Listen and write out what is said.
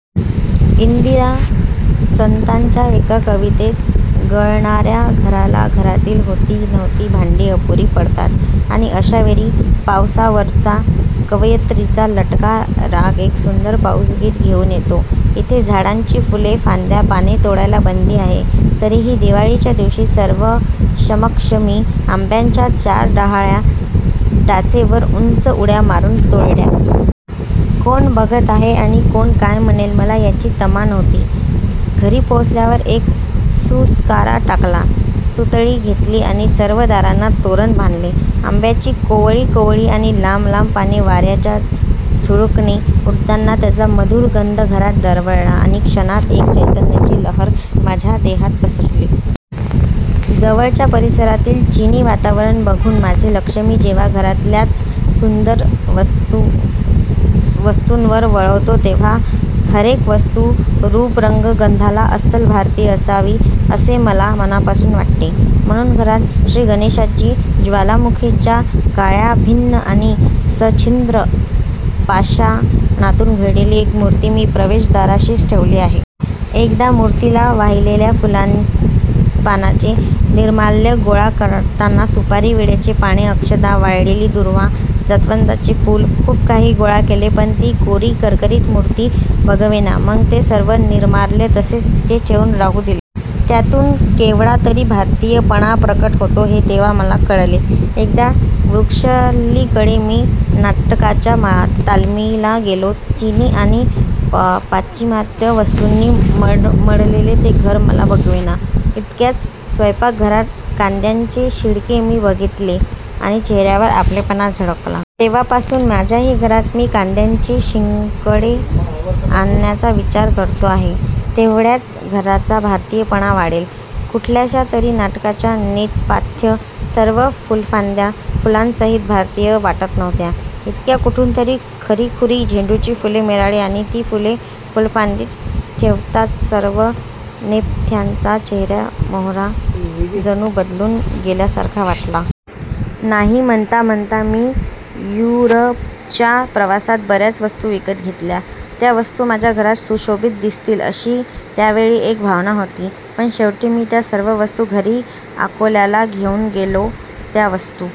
इंदिरा संतांच्या एका कवितेत गळणार्या घराला, घरातील होती नव्हती भांडी अपुरी पडतात आणि अशा वेळी पावसावरचा कवयित्रीचा लटका राग एक सुंदर पाऊसगीत घेऊनच येतो. इथे झाडांची फ़ुले, फ़ांद्या, पाने तोडायला बंदी आहे. तरीही दिवाळीच्या दिवशी सर्वांसमक्ष मी आंब्याच्या चार डहाळ्या टाचेवर उंच उड्या मारून तोडल्याच. कोण बघत आहे आणि कोण काय म्हणेल मला ह्याची तमा नव्हती. घरी पोचल्यावर एक सुस्कारा टाकला. सुतळी घेतली आणि सर्व दारांना तोरण बांधले. आंब्याची कोवळी कोवळी आणि लांब लांब पाने वार्याच्या झुळकेने उडताना त्यांचा मधुर गंध घरात दरवळला आणि क्षणात एक चैत्यन्याची लहर माझ्या देहात पसरली. जवळच्या परिसरातील चिनी वातावरण बघुन माझे लक्ष मी जेंव्हा घरातल्याच वस्तुंवर वळवतो तेंव्हा हरेक वस्तू रूप रंग गंधाला अस्सल भारतीय असावी असे मला मनापासून वाटते. म्हणून घरात, श्रीगणेशाची ज्वालामुखीच्या काळ्याकभिन्न आणि सछिद्र पाषाणूतून घडवलेली एक मुर्ती मी प्रवेशदाराशीच ठेवली आहे. एकदा मुर्तीला वाहीलेल्या फ़ुलापानांचे निर्माल्य गोळा करताना सुपारी, विड्याची पाने, अक्षता, वाळलेली दुर्वा, जास्वंदाचे फ़ुल खूप काही गोळा केले पण ती कोरी करकरीत मुर्ती बघवेना मग ते सर्व निर्माल्य तसेच तिथे राहू दिले. त्यातून केवढा तरी भारतीयपणा प्रकट होतो हे तेंव्हा मला कळले. एकदा वृषालीकडे मी नाटकाच्या तालमिला गेलो. चिनी आणि पाश्चिमात्त्य वस्तुनी मढवलेले ते घर मला बघवेना. इतक्यातच स्वैपाकघरात कांद्याचे शिंकडे मी बघितले आणि चेहर्यावर आपलेपणा झळकला. तेंव्हापासून माझ्याही घरात मी कांद्याचे शिंकडे आणण्याचा विचार करतो आहे. तेवढाच घराचा भारतीयपणा वाढेल. कुठल्याशा तरी नाटकाच्या नेपथ्यात सर्व फ़ुलदाण्या फ़ुलांसहीत भारतीय वाटत नव्हत्या. इतक्यात कुठून तरी खरीखुरी झेंडूची फ़ुले मिळाली आणि ती फ़ुले फ़ुलदाणीत ठेवताच सर्व नेपथ्याचा चेहरामोहरा जणू बदलून गेल्यासारखा वाटला. नाही म्हणता म्हणता मी युरपच्या प्रवासात बर्याच वस्तू विकत घेतल्या. त्या वस्तू माझ्या घरात सुशोभित दिसतील अशी त्यावेळी एक भावना होती. पण शेवटी मी त्या सर्व वस्तू घरी अकोल्याला घेऊन गेलो. त्या वस्तू